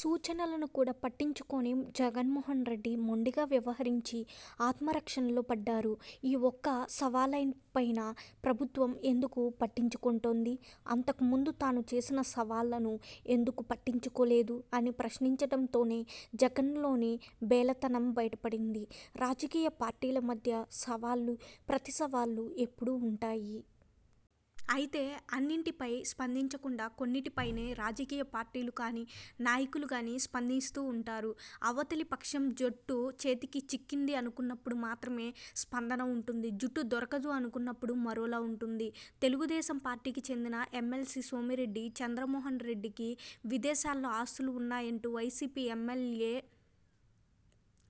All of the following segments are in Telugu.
సూచనలను కూడా పట్టించుకోని జగన్మోహన్రెడ్డి, మొండిగా వ్యవహరించి ఆత్మరక్షణలో పడ్డారు. ఈ ఒక్క సవాల్పైనే ప్రభుత్వం ఎందుకు పట్టించుకుంటోంది? అంతకు ముందు తాను చేసిన సవాళ్లను ఎందుకు పట్టించుకోలేదు? అని ప్రశ్నించడంతోనే జగన్లోని బేలతనం బయటపడింది. రాజకీయ పార్టీల మధ్య సవాళ్లు ప్రతిసవాళ్లు ఎప్పుడూ ఉంటాయి. అయితే అన్నింటిపై స్పందించకుండా కొన్నింటి పైనే రాజకీయ పార్టీలు కానీ, నాయకులు కానీ స్పందిస్తూ ఉంటారు. అవతలి పక్షం జుట్టు చేతికి చిక్కింది అనుకున్నప్పుడు మాత్రమే స్పందన ఉంటుంది. జుట్టు దొరకదు అనుకున్నప్పుడు మరోలా ఉంటుంది. తెలుగుదేశం పార్టీకి చెందిన ఎమ్మెల్సీ సోమిరెడ్డి చంద్రమోహన్రెడ్డికి విదేశాల్లో ఆస్తులు ఉన్నాయంటూ వైసీపీ ఎమ్మెల్యే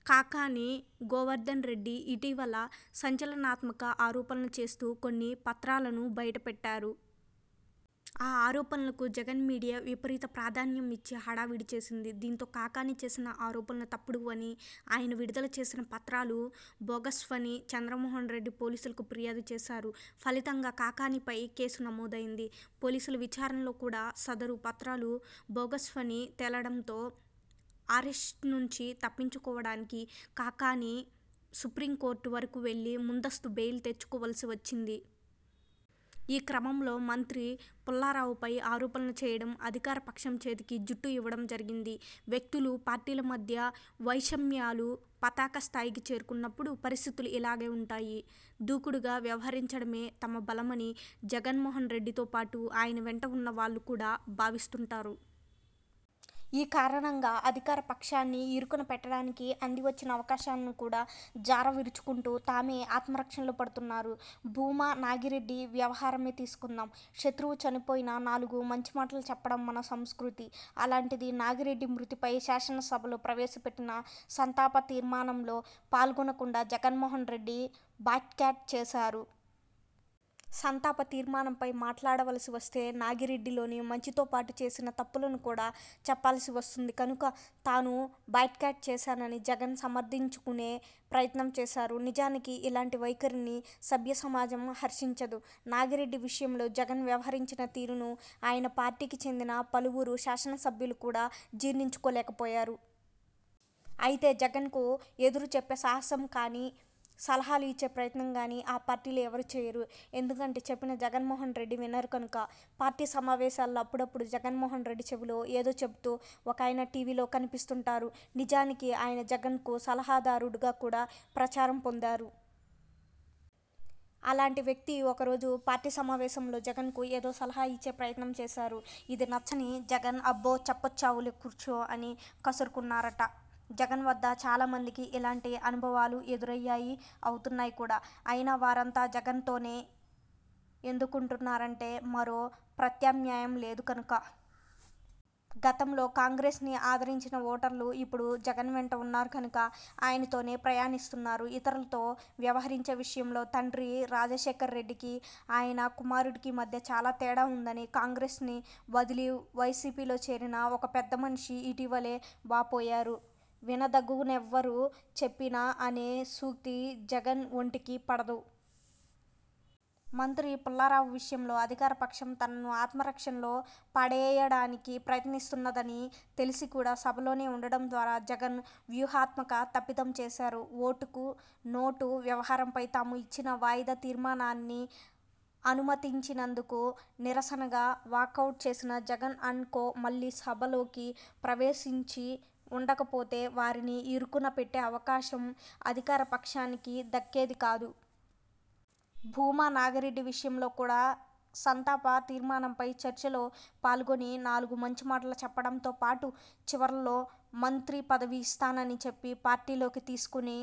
కాకాణి గోవర్దన్రెడ్డి ఇటీవల సంచలనాత్మక ఆరోపణలు చేస్తూ కొన్ని పత్రాలను బయటపెట్టారు. ఆ ఆరోపణలకు జగన్ మీడియా విపరీత ప్రాధాన్యం ఇచ్చి హడావుడి చేసింది. దీంతో కాకాణి చేసిన ఆరోపణలు తప్పుడు వనీ, ఆయన విడుదల చేసిన పత్రాలు బోగస్వనీ చంద్రమోహన్రెడ్డి పోలీసులకు ఫిర్యాదు చేశారు. ఫలితంగా కాకాణిపై కేసు నమోదైంది. పోలీసుల విచారణలో కూడా సదరు పత్రాలు బోగస్వని తేలడంతో అరెస్ట్ నుంచి తప్పించుకోవడానికి కాకాణి సుప్రీంకోర్టు వరకు వెళ్లి ముందస్తు బెయిల్ తెచ్చుకోవలసి వచ్చింది. ఈ క్రమంలోనే మంత్రి పుల్లారావుపై ఆరోపణ చేయడం, అధికారపక్షం చేతికి జుట్టు ఇవ్వడం జరిగింది. వ్యక్తులు, పార్టీల మధ్య వైషమ్యాలు పతాక స్థాయికి చేరుకున్నప్పుడు పరిస్థితులు ఇలాగే ఉంటాయి. దూకుడుగా వ్యవహరించడమే తమ బలమని జగన్మోహన్రెడ్డితో పాటు ఆయన వెంట ఉన్న వాళ్లు కూడా భావిస్తుంటారు. ఈ కారణంగా అధికార పక్షాన్ని ఇరుకున పెట్టడానికి అందివచ్చిన అవకాశాలను కూడా జారవిడుచుకుంటూ, తామే ఆత్మరక్షణలో పడుతున్నారు. భూమా నాగిరెడ్డి వ్యవహారమే తీసుకుందాం. శత్రువు చనిపోయినా నాలుగు మంచి మాటలు చెప్పడం మన సంస్కృతి. అలాంటిది నాగిరెడ్డి మృతిపై శాసనసభలో ప్రవేశపెట్టిన సంతాప తీర్మానంలో పాల్గొనకుండా జగన్మోహన్రెడ్డి బాయ్కాట్ చేశారు. సంతాప తీర్మానంపై మాట్లాడాల్సి వస్తే నాగిరెడ్డిలోని మంచితోపాటు చేసిన తప్పులను కూడా చెప్పాల్సి వస్తుంది కనుక తాను బాయ్కాట్ చేశానని జగన్ సమర్థించుకునే ప్రయత్నం చేశారు. నిజానికి ఇలాంటి వైఖరిని సభ్య సమాజం హర్షించదు. నాగిరెడ్డి విషయంలో జగన్ వ్యవహరించిన తీరును ఆయన పార్టీకి చెందిన పలువురు శాసనసభ్యులు కూడా జీర్ణించుకోలేకపోయారు. అయితే జగన్కు ఎదురు చెప్పే సాహసం కానీ, సలహాలు ఇచ్చే ప్రయత్నం గానీ ఆ పార్టీలో ఎవరూ చేయరు. ఎందుకంటే చెప్పినా జగన్మోహన్రెడ్డి వినరు కనుక! పార్టీ సమావేశాలలో అప్పుడప్పుడు జగన్మోహన్రెడ్డి చెవిలో ఏదో చెబుతూ ఒకాయన టీవీలో కనిపిస్తుంటారు. నిజానికి ఆయన జగన్కు సలహాదారుడుగా కూడా ప్రచారం పొందారు. అలాంటి వ్యక్తి ఒక రోజు పార్టీ సమావేశంలో జగన్కు ఏదో సలహా ఇచ్చే ప్రయత్నం చేశారు. ఇది నచ్చని జగన్ 'అబ్బో చెప్పొచ్చావులే కూర్చో' అని కసురుకున్నారట! జగన్ వద్ద చాలా మందికి ఇలాంటి అనుభవాలు ఎదురయ్యాయి అవుతున్నాయి కూడా! అయినా వారంతా జగన్తోనే ఎందుకుంటున్నారంటే మరో ప్రత్యామ్నాయం లేదు కనుక. గతంలో కాంగ్రెస్ను ఆదరించిన ఓటర్లు ఇప్పుడు జగన్ వెంట ఉన్నారు కనుక ఆయనతోనే ప్రయాణిస్తున్నారు. ఇతరులతో వ్యవహరించే విషయంలో తండ్రి రాజశేఖర్రెడ్డికి, ఆయన కుమారుడికి మధ్య చాలా తేడా ఉందని కాంగ్రెస్ను వదిలి వైసీపీలో చేరిన ఒక పెద్దమనిషి ఇటీవలే వాపోయారు. వినదగునెవ్వరు చెప్పిన అనే సూక్తి జగన్ ఒంటికి పడదు. మంత్రి పుల్లారావు విషయంలో అధికారపక్షం తనను ఆత్మరక్షణలో పడేయడానికి ప్రయత్నిస్తున్నదని తెలిసి కూడా సభలోనే ఉండటం ద్వారా జగన్ వ్యూహాత్మక తప్పిదం చేశారు. ఓటుకు నోటు వ్యవహారంపై తాము ఇచ్చిన వాయిదా తీర్మానాన్ని అనుమతించనందుకు నిరసనగా వాకౌట్ చేసిన జగన్ అండ్ కో మళ్లీ సభలోకి ప్రవేశించి ఉండకపోతే వారిని ఇరుకున పెట్టే అవకాశం అధికార పక్షానికి దక్కేది కాదు. భూమా నాగిరెడ్డి విషయంలో కూడా సంతాప తీర్మానంపై చర్చలో పాల్గొని నాలుగు మంచి మాటలు చెప్పడంతో పాటు, చివరలో మంత్రి పదవి ఇస్తానని చెప్పి పార్టీలోకి తీసుకుని